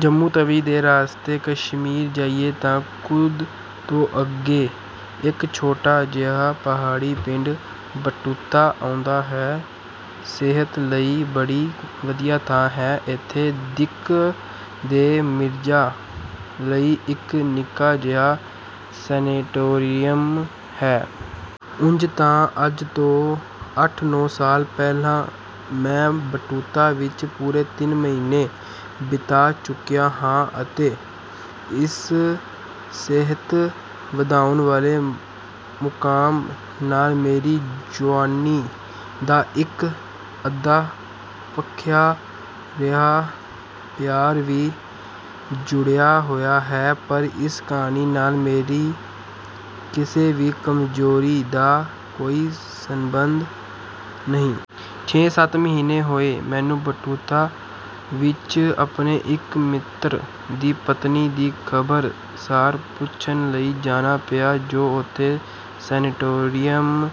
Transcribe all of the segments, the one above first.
ਜੰਮੂ ਤਵੀ ਦੇ ਰਸਤੇ ਕਸ਼ਮੀਰ ਜਾਈਏ ਤਾਂ ਕੁਦ ਤੋਂ ਅੱਗੇ ਇੱਕ ਛੋਟਾ ਜਿਹਾ ਪਹਾੜੀ ਪਿੰਡ ਬਟੌਤ ਆਉਂਦਾ ਹੈ। ਸਿਹਤ ਲਈ ਬੜੀ ਵਧੀਆ ਥਾਂ ਹੈ। ਇੱਥੇ ਦਿੱਕ ਦੇ ਮਰੀਜ਼ਾਂ ਲਈ ਇੱਕ ਨਿੱਕਾ ਜਿਹਾ ਸੈਨੇਟੋਰੀਅਮ ਹੈ। ਉਂਝ ਤਾਂ ਅੱਜ ਤੋਂ ਅੱਠ-ਨੌਂ ਸਾਲ ਪਹਿਲਾਂ ਮੈਂ ਬਟੌਤ ਵਿੱਚ ਪੂਰੇ ਤਿੰਨ ਮਹੀਨੇ ਬਿਤਾ ਚੁੱਕਿਆ ਹਾਂ ਅਤੇ ਇਸ ਸਿਹਤ ਵਧਾਉਣ ਵਾਲੇ ਮੁਕਾਮ ਨਾਲ ਮੇਰੀ ਜੁਆਨੀ ਦਾ ਇੱਕ ਅੱਧ-ਪੱਕਿਆ ਰਿਹਾ ਪਿਆਰ ਵੀ ਜੁੜਿਆ ਹੋਇਆ ਹੈ ਪਰ ਇਸ ਕਹਾਣੀ ਨਾਲ ਮੇਰੀ ਕਿਸੇ ਵੀ ਕਮਜ਼ੋਰੀ ਦਾ ਕੋਈ ਸਬੰਧ ਨਹੀਂ। ਛੇ-ਸੱਤ ਮਹੀਨੇ ਹੋਏ ਮੈਨੂੰ ਬਟੌਤ ਵਿੱਚ ਆਪਣੇ ਇੱਕ ਮਿੱਤਰ ਦੀ ਪਤਨੀ ਦੀ ਖ਼ਬਰ ਸਾਰ ਪੁੱਛਣ ਲਈ ਜਾਣਾ ਪਿਆ ਜੋ ਉੱਥੇ ਸੈਨੇਟੋਰੀਅਮ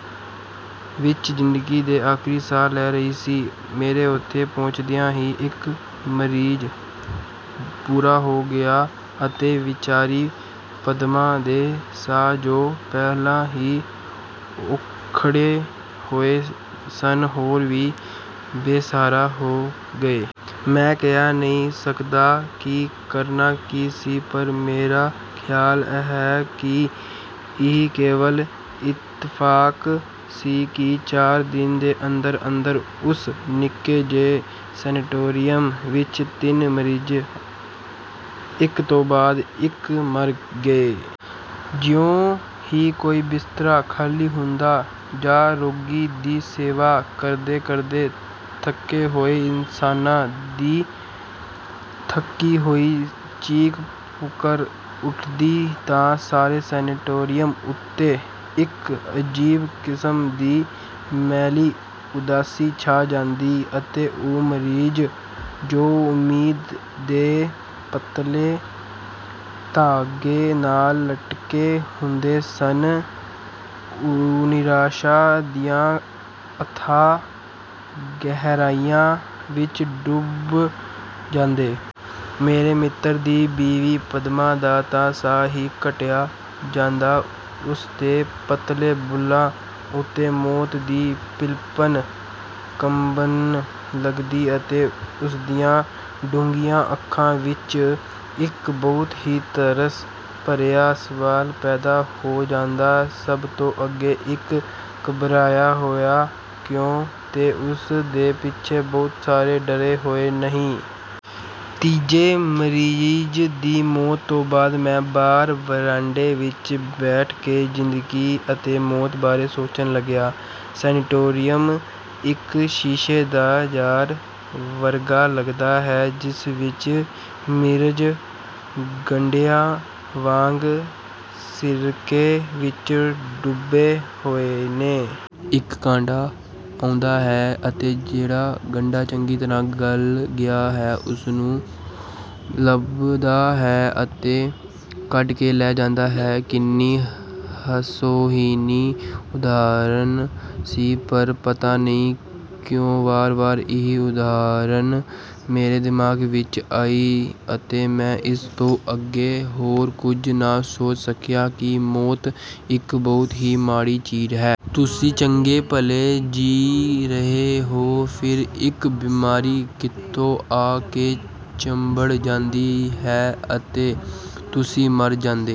ਵਿੱਚ ਜ਼ਿੰਦਗੀ ਦੇ ਆਖਰੀ ਸਾਹ ਲੈ ਰਹੀ ਸੀ। ਮੇਰੇ ਉੱਥੇ ਪਹੁੰਚਦਿਆਂ ਹੀ ਇੱਕ ਮਰੀਜ਼ ਪੂਰਾ ਹੋ ਗਿਆ ਅਤੇ ਵਿਚਾਰੀ ਪਦਮਾ ਦੇ ਸਾਹ ਜੋ ਪਹਿਲਾਂ ਹੀ ਉੱਖੜੇ ਹੋਏ ਸਨ ਹੋਰ ਵੀ ਬੇਸਹਾਰਾ ਹੋ ਗਏ। ਮੈਂ ਕਹਿ ਨਹੀਂ ਸਕਦਾ ਕਿ ਕਾਰਨ ਕੀ ਸੀ ਪਰ ਮੇਰਾ ਖਿਆਲ ਹੈ ਕਿ ਇਹ ਕੇਵਲ ਇਤਫਾਕ ਸੀ ਕਿ ਚਾਰ ਦਿਨਾਂ ਦੇ ਅੰਦਰ-ਅੰਦਰ ਉਸ ਨਿੱਕੇ ਜਿਹੇ ਸੈਨੇਟੋਰੀਅਮ ਵਿੱਚ ਤਿੰਨ ਮਰੀਜ਼ ਇੱਕ ਤੋਂ ਬਾਅਦ ਇੱਕ ਮਰ ਗਏ। ਜਿਉਂ ਹੀ ਕੋਈ ਬਿਸਤਰਾ ਖਾਲੀ ਹੁੰਦਾ ਜਾਂ ਰੋਗੀ ਦੀ ਸੇਵਾ ਕਰਦੇ ਕਰਦੇ ਥੱਕੇ ਹੋਏ ਇਨਸਾਨਾਂ ਦੀ ਥੱਕੀ ਹੋਈ ਚੀਕ-ਪੁਕਾਰ ਉੱਠਦੀ ਤਾਂ ਸਾਰੇ ਸੈਨੇਟੋਰੀਅਮ ਉੱਤੇ ਇੱਕ ਅਜੀਬ ਕਿਸਮ ਦੀ ਮੈਲੀ ਉਦਾਸੀ ਛਾ ਜਾਂਦੀ ਅਤੇ ਉਹ ਮਰੀਜ਼ ਜੋ ਉਮੀਦ ਦੇ ਪਤਲੇ ਧਾਗੇ ਨਾਲ ਲਟਕੇ ਹੁੰਦੇ ਸਨ ਨਿਰਾਸ਼ਾ ਦੀਆਂ ਅਥਾਹ ਗਹਿਰਾਈਆਂ ਵਿੱਚ ਡੁੱਬ ਜਾਂਦੇ। ਮੇਰੇ ਮਿੱਤਰ ਦੀ ਬੀਵੀ ਪਦਮਾ ਦਾ ਤਾਂ ਸਾਹ ਹੀ ਘੁੱਟਿਆ ਜਾਂਦਾ ਉਸਦੇ ਪਤਲੇ ਬੁੱਲ੍ਹਾਂ ਉੱਤੇ ਮੌਤ ਦੀ ਪੀਲਾਪਣ ਕੰਬਣ ਲੱਗਦੀ ਅਤੇ ਉਸਦੀਆਂ ਡੂੰਘੀਆਂ ਅੱਖਾਂ ਵਿੱਚ ਇੱਕ ਬਹੁਤ ਹੀ ਤਰਸ ਭਰਿਆ ਸਵਾਲ ਪੈਦਾ ਹੋ ਜਾਂਦਾ ਸਭ ਤੋਂ ਅੱਗੇ ਇੱਕ ਘਬਰਾਇਆ ਹੋਇਆ 'ਕਿਉਂ' ਤੇ ਉਸ ਦੇ ਪਿੱਛੇ ਬਹੁਤ ਸਾਰੇ ਡਰੇ ਹੋਏ 'ਨਹੀਂ'। ਤੀਜੇ ਮਰੀਜ਼ ਦੀ ਮੌਤ ਤੋਂ ਬਾਅਦ ਮੈਂ ਬਾਹਰ ਵਰਾਂਡੇ ਵਿੱਚ ਬੈਠ ਕੇ ਜ਼ਿੰਦਗੀ ਅਤੇ ਮੌਤ ਬਾਰੇ ਸੋਚਣ ਲੱਗਿਆ। ਸੈਨੇਟੋਰੀਅਮ ਇੱਕ ਸ਼ੀਸ਼ੇ ਦਾ ਜਾਰ ਵਰਗਾ ਲਗਦਾ ਹੈ ਜਿਸ ਵਿੱਚ ਮਰੀਜ਼ ਗੰਢਿਆਂ ਵਾਂਗ ਸਿਰਕੇ ਵਿੱਚ ਡੁੱਬੇ ਹੋਏ ਨੇ। ਇੱਕ ਕਾਂਟਾ ਆਉਂਦਾ ਹੈ ਅਤੇ ਜਿਹੜਾ ਗੰਢਾ ਚੰਗੀ ਤਰ੍ਹਾਂ ਗਲ ਗਿਆ ਹੈ ਉਸਨੂੰ ਲੱਭਦਾ ਹੈ ਅਤੇ ਕੱਢ ਕੇ ਲੈ ਜਾਂਦਾ ਹੈ। ਕਿੰਨੀ ਹਾਸੋਹੀਣੀ ਉਦਾਹਰਨ ਸੀ ਪਰ ਪਤਾ ਨਹੀਂ ਕਿਉਂ ਵਾਰ-ਵਾਰ ਇਹੀ ਉਦਾਹਰਨ ਮੇਰੇ ਦਿਮਾਗ ਵਿੱਚ ਆਈ ਅਤੇ ਮੈਂ ਇਸ ਤੋਂ ਅੱਗੇ ਹੋਰ ਕੁਝ ਨਾ ਸੋਚ ਸਕਿਆ ਕਿ ਮੌਤ ਇੱਕ ਬਹੁਤ ਹੀ ਮਾੜੀ ਚੀਜ਼ ਹੈ। ਤੁਸੀਂ ਚੰਗੇ ਭਲੇ ਜੀ ਰਹੇ ਹੋ ਫਿਰ ਇੱਕ ਬਿਮਾਰੀ ਕਿਤੋਂ ਆ ਕੇ ਚੰਬੜ ਜਾਂਦੀ ਹੈ ਅਤੇ ਤੁਸੀਂ ਮਰ ਜਾਂਦੇ